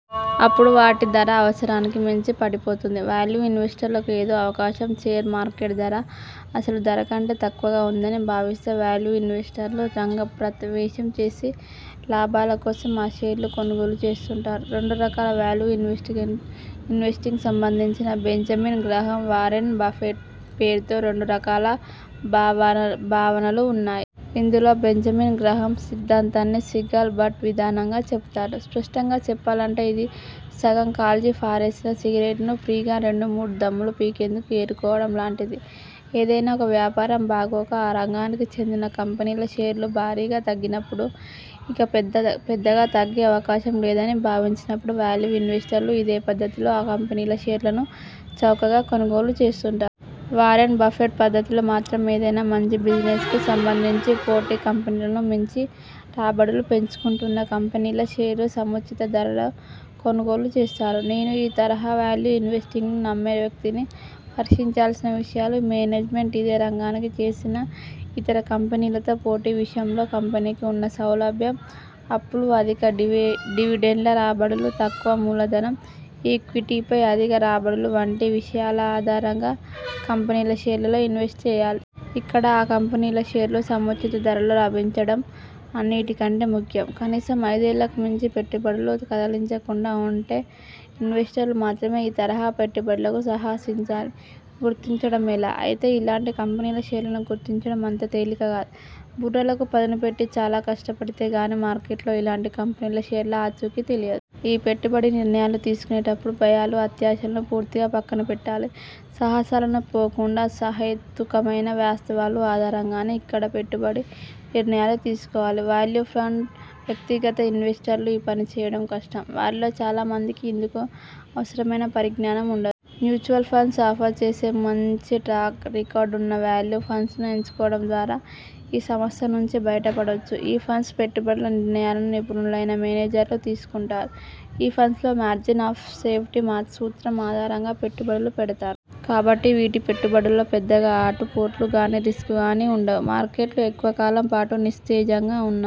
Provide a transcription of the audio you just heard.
అపుడు వాటి ధర అవసరానికి మించి పడిపోతుంది. వాల్యూ ఇన్వెస్టర్లకు ఇదో అవకాశం. షేరు మార్కెట్ ధర, అసలు ధర కంటే తక్కువగా ఉందని భావిస్తే వాల్యూ ఇన్వెస్టర్లు రంగ ప్రతి వేశం చేసి లాభాల కోసం ఆ షేర్లు కొనుగోలు చేస్తుంటారు. రెండు రకాల వాల్యూఇన్వెస్టింగ్న్ ఇన్వెస్టింగ్కు సంబంధించి బెంజమిన్ గ్రాహం, వారెన్ బఫెట్ పేరుతో రెండు రకాల భావాలు భావనలు ఉన్నాయి. ఇందులో బెంజమిన్ గ్రాహమ్ సిద్ధాంతాన్ని 'సిగాల్ బట్' విధానంగా చెబుతారు. స్పష్టంగా చెప్పాలంటే ఇది సగం కాల్చి పారేసిన సిగరెట్ను, ఫ్రీగా రెండు మూడు దమ్ములు పీకేందుకు ఏరుకోవడం లాంటిది. ఏదైనా ఒక వ్యాపారం బాగోక ఆ రంగానికి చెందిన కంపెనీల షేర్లు భారీగా తగ్గినపుడు, ఇక పెద్దగా తగ్గే అవకాశం లేదని భావించినపుడు వాల్యూ ఇన్వెస్టర్లు ఇదే పద్దతిలో ఆ కంపెనీల షేర్లను చౌకగా కొనుగోలు చేస్తుంటారు. వారెన్ బఫెట్ పద్దతిలో మాత్రంఏదైనా మంచి బిజినెస్కు సంబంధించి పోటీ కంపెనీలను మించి రాబడులు పెంచుకుంటున్న కంపెనీల షేర్లు సముచిత ధరలో కొనుగోలు చేస్తారు. నేను ఈ తరహా వాల్యూ ఇన్వెస్టింగ్ను నమ్మే వ్యక్తిని. పరిశీలించాల్సిన విషయాలు మేనేజ్మెంట్, ఇదే రంగానికి చేసిన ఇతర కంపెనీలతో పోటీ విషంలో కంపెనీకి ఉన్న సౌలభ్యం, అప్పులు, అధిక డివె డివిడెండ్ల రాబడులు, తక్కువ మూలధనం, ఈక్విటీపై అధిక రాబడులు వంటి విషయాల ఆధారంగా కంపెనీల షేర్లలో ఇన్వెస్ట్ చేయాలి. ఇక్కడ ఆ కంపెనీల షేర్లు సముచిత ధరలో లభించడం అన్నిటి కంటే ముఖ్యం. కనీసం ఐదేళ్లకు మించి పెట్టుబడులు కదిలించకుండా ఉండే ఇన్వెస్టర్లు మాత్రమే ఈ తరహా పెట్టుబడులకు సాహసించాలి. గుర్తించడం ఎలా? అయితే ఇలాంటి కంపెనీల షేర్లను గుర్తించడం అంత తేలిక కాదు. బుర్రలకు పదును పెట్టి చాలా కష్టపడితే గానీ మార్కెట్లో ఇలాంటి కంపెనీల షేర్ల ఆచూకీ తెలియదు. ఈ పెట్టుబడి నిర్ణయాలు తీసుకునేటపుడు భయాలు, అత్యాశలను పూర్తిగా పక్కన పెట్టాలి. సాహసాలను పోకుండా సహేతుకమైన వాస్తవాల ఆధారంగానే ఇక్కడ పెట్టుబడి నిర్ణయాలు తీసుకోవాలి. వాల్యూ ఫండ్స్ వ్యక్తిగత ఇన్వెస్టర్లు ఈ పని చేయడం కష్టం. వారిలో చాలా మందికి ఇందుకు అవసరమైన పరిజ్ఞానమూ ఉండదు. మ్యూచువల్ ఫండ్స్ ఆఫర్ చేసే మంచి ట్రాక్ రికార్డు ఉన్న వాల్యూ ఫండ్స్ ను ఎంచుకోవడం ద్వారా ఈ సమస్య నుంచి బయట పడొచ్చు. ఈ ఫండ్స్ పెట్టుబడుల నిర్ణయాలను నిపుణులైన మేనేజర్లు తీసుకుంటారు. ఈ ఫండ్స్ లో 'మార్జిన్ ఆఫ్ సేఫ్టీ' మా సూత్రం ఆధారంగా పెట్టుబడులు పెడతారు. కాబట్టి వీటి పెట్టుబడుల్లో పెద్దగా ఆటు పోట్లు గానీ రిస్కు గానీ ఉండవు. మార్కెట్లు ఎక్కువ కాలం పాటు నిస్తేజంగా ఉన్నా